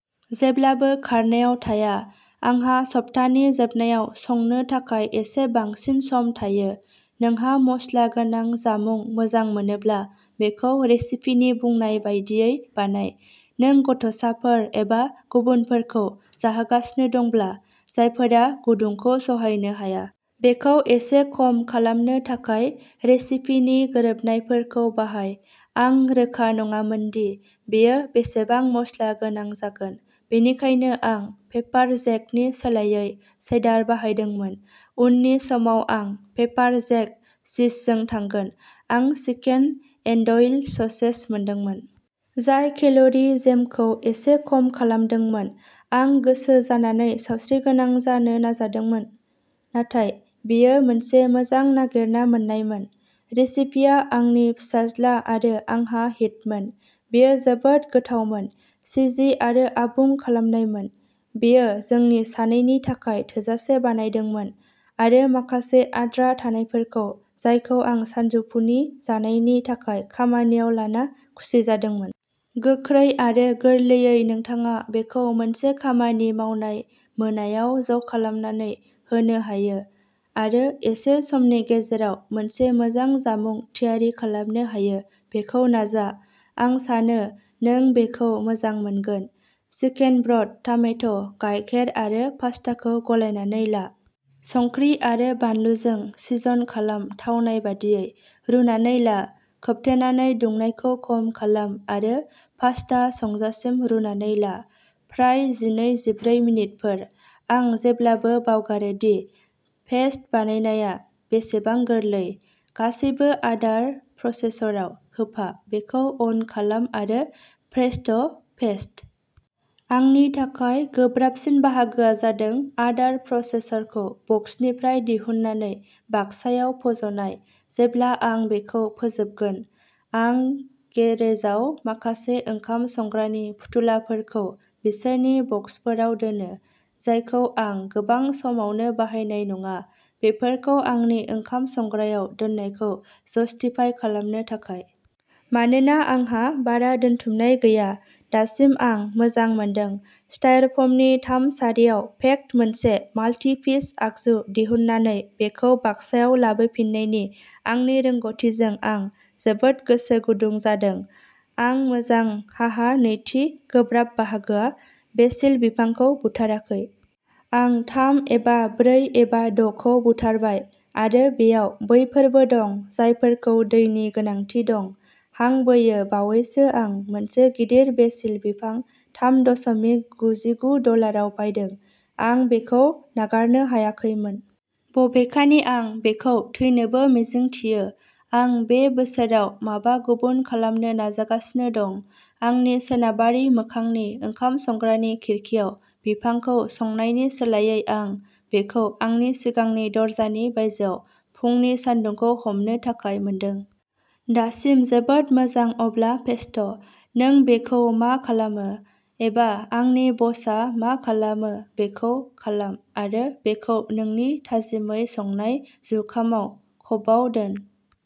जेब्लाबो खारनायाव थाया। आंहा सप्तानि जोबनायाव संनो थाखाय एसे बांसिन सम थायो। नोंहा मस्ला गोनां जामुं मोजां मोनोब्ला बेखौ रेसिपिनि बुंनाय बायदियै बानाय। नों गथ'साफोर एबा गुबुनफोरखौ जाहोगासिनो दंब्ला। जायफोरा गुदुंखौ सहायनो हाया। बेखौ एसे खम खालामनो थाखाय रेसिपिनि गोरोबनायफोरखौ बाहाय। आं रोखा नङामोन दि बेयो बेसेबां मस्ला गोनां जागोन। बेनिखायनो आं पेपार जेकनि सोलायै चेडार बाहायदोंमोन। उननि समाव आं पेपार जेक चीजजों थांगोन। आं चिकेन एन्ड'इल ससेज मोनदोंमोन। जाय केल'रि जेमखौ एसे खम खालामदोंमोन। आं गोसो जानानै सावस्रिगोनां जानो नाजादोंमोन। नाथाय बेयो मोनसे मोजां नागिरना मोननायमोन। रेसिपिया आंनि फिसाज्ला आरो आंहा हिटमोन। बेयो जोबोद गोथावमोन। चिजि आरो आबुं खालामनायमोन। बेयो जोंनि सानैनि थाखाय थोजासे बानायदोंमोन आरो माखासे आद्रा थानायफोरखौ जायखौ आं सानजौफुनि जानायनि थाखाय खामानियाव लाना खुसि जादोंमोन। गोख्रै आरो गोरलैयै नोंथाङा बेखौ मोनसे खामानि मावनाय मोनायाव ज'खालामनानै होनो हायो आरो एसे समनि गेजेराव मोनसे मोजां जामुं थियारि खालामनो हायो। बेखौ नाजा। आं सानो नों बेखौ मोजां मोनगोन। चिकेन ब्रथ, टामेट', गायखेर आरो पास्ताखौ गलायनानै ला। संख्रि आरो बानलुजों सिजन खालाम थावनाय बादियै। रुनानै ला। खोबथेनानै दुंनायखौ खम खालाम आरो पास्ता संजासिम रुनानै ला। फ्राय जिनै-जिब्रै मिनिटफोर। आं जेब्लाबो बावगारो दि पेस्ट बानायनाया बेसेबां गोरलै। गासैबो आदार प्रसेसराव होफा बेखौ अन खालाम आरो प्रेस्ट' पेस्ट। आंनि थाखाय गोब्राबसिन बाहागोआ जादों आदार प्रसेसरखौ बक्सनिफ्राय दिहुननानै बाक्सायाव फज'नाय जेब्ला आं बेखौ फोजोबगोन। आं गेरेजाव माखासे ओंखाम संग्रानि फुथुलाफोरखौ बिसोरनि बक्सफोराव दोनो। जायखौ आं गोबां समावनो बाहायनाय नङा। बेफोरखौ आंनि ओंखाम संग्रायाव दोननायखौ जस्टिफाइ खालामनो थाखाय। मानोना आंहा बारा दोनथुमनाय गैया। दासिम आं मोजां मोनदों। स्टायरफ'मनि थाम सारिआव पेक्ड मोनसे माल्टि पिस आगजु दिहुननानै बेखौ बाक्सायाव लाबोफिननायनि आंनि रोंग'थिजों आं जोबोद गोसो गुदुं जादों। आं मोजां हाहा नैथि गोब्राब बाहागोआ बेसिल बिफांखौ बुथाराखै। आं थाम एबा ब्रै एबा द’ खौ बुथारबाय आरो बेयाव बैफोरबो दं जायफोरखौ दैनि गोनांथि दं। हां बोयो बावैसो आं मोनसे गिदिर बेसिल बिफां थाम दशमिक गुजिगु डलाराव बायदों। आं बेखौ नागारनो हायाखैमोन। बबेखानि आं बेखौ थैनोबो मिजिंथियो। आं बे बोसोराव माबा गुबुन खालामनो नाजागासिनो दं। आंनि सोनाबारि मोखांनि ओंखाम संग्रानि खिरखिआव बिफांखौ संनायनि सोलायै आं बेखौ आंनि सिगांनि दरजानि बायजोआव फुंनि सानदुंखौ हमनो थाखाय मोनदों। दासिम जोबोद मोजां अब्ला पेस्ट'। नों बेखौ मा खालामो? एबा आंनि बसआ मा खालामो बेखौ खालाम आरो बेखौ नोंनि थाजिमै संनाय जुखामाव क'बआव दोन।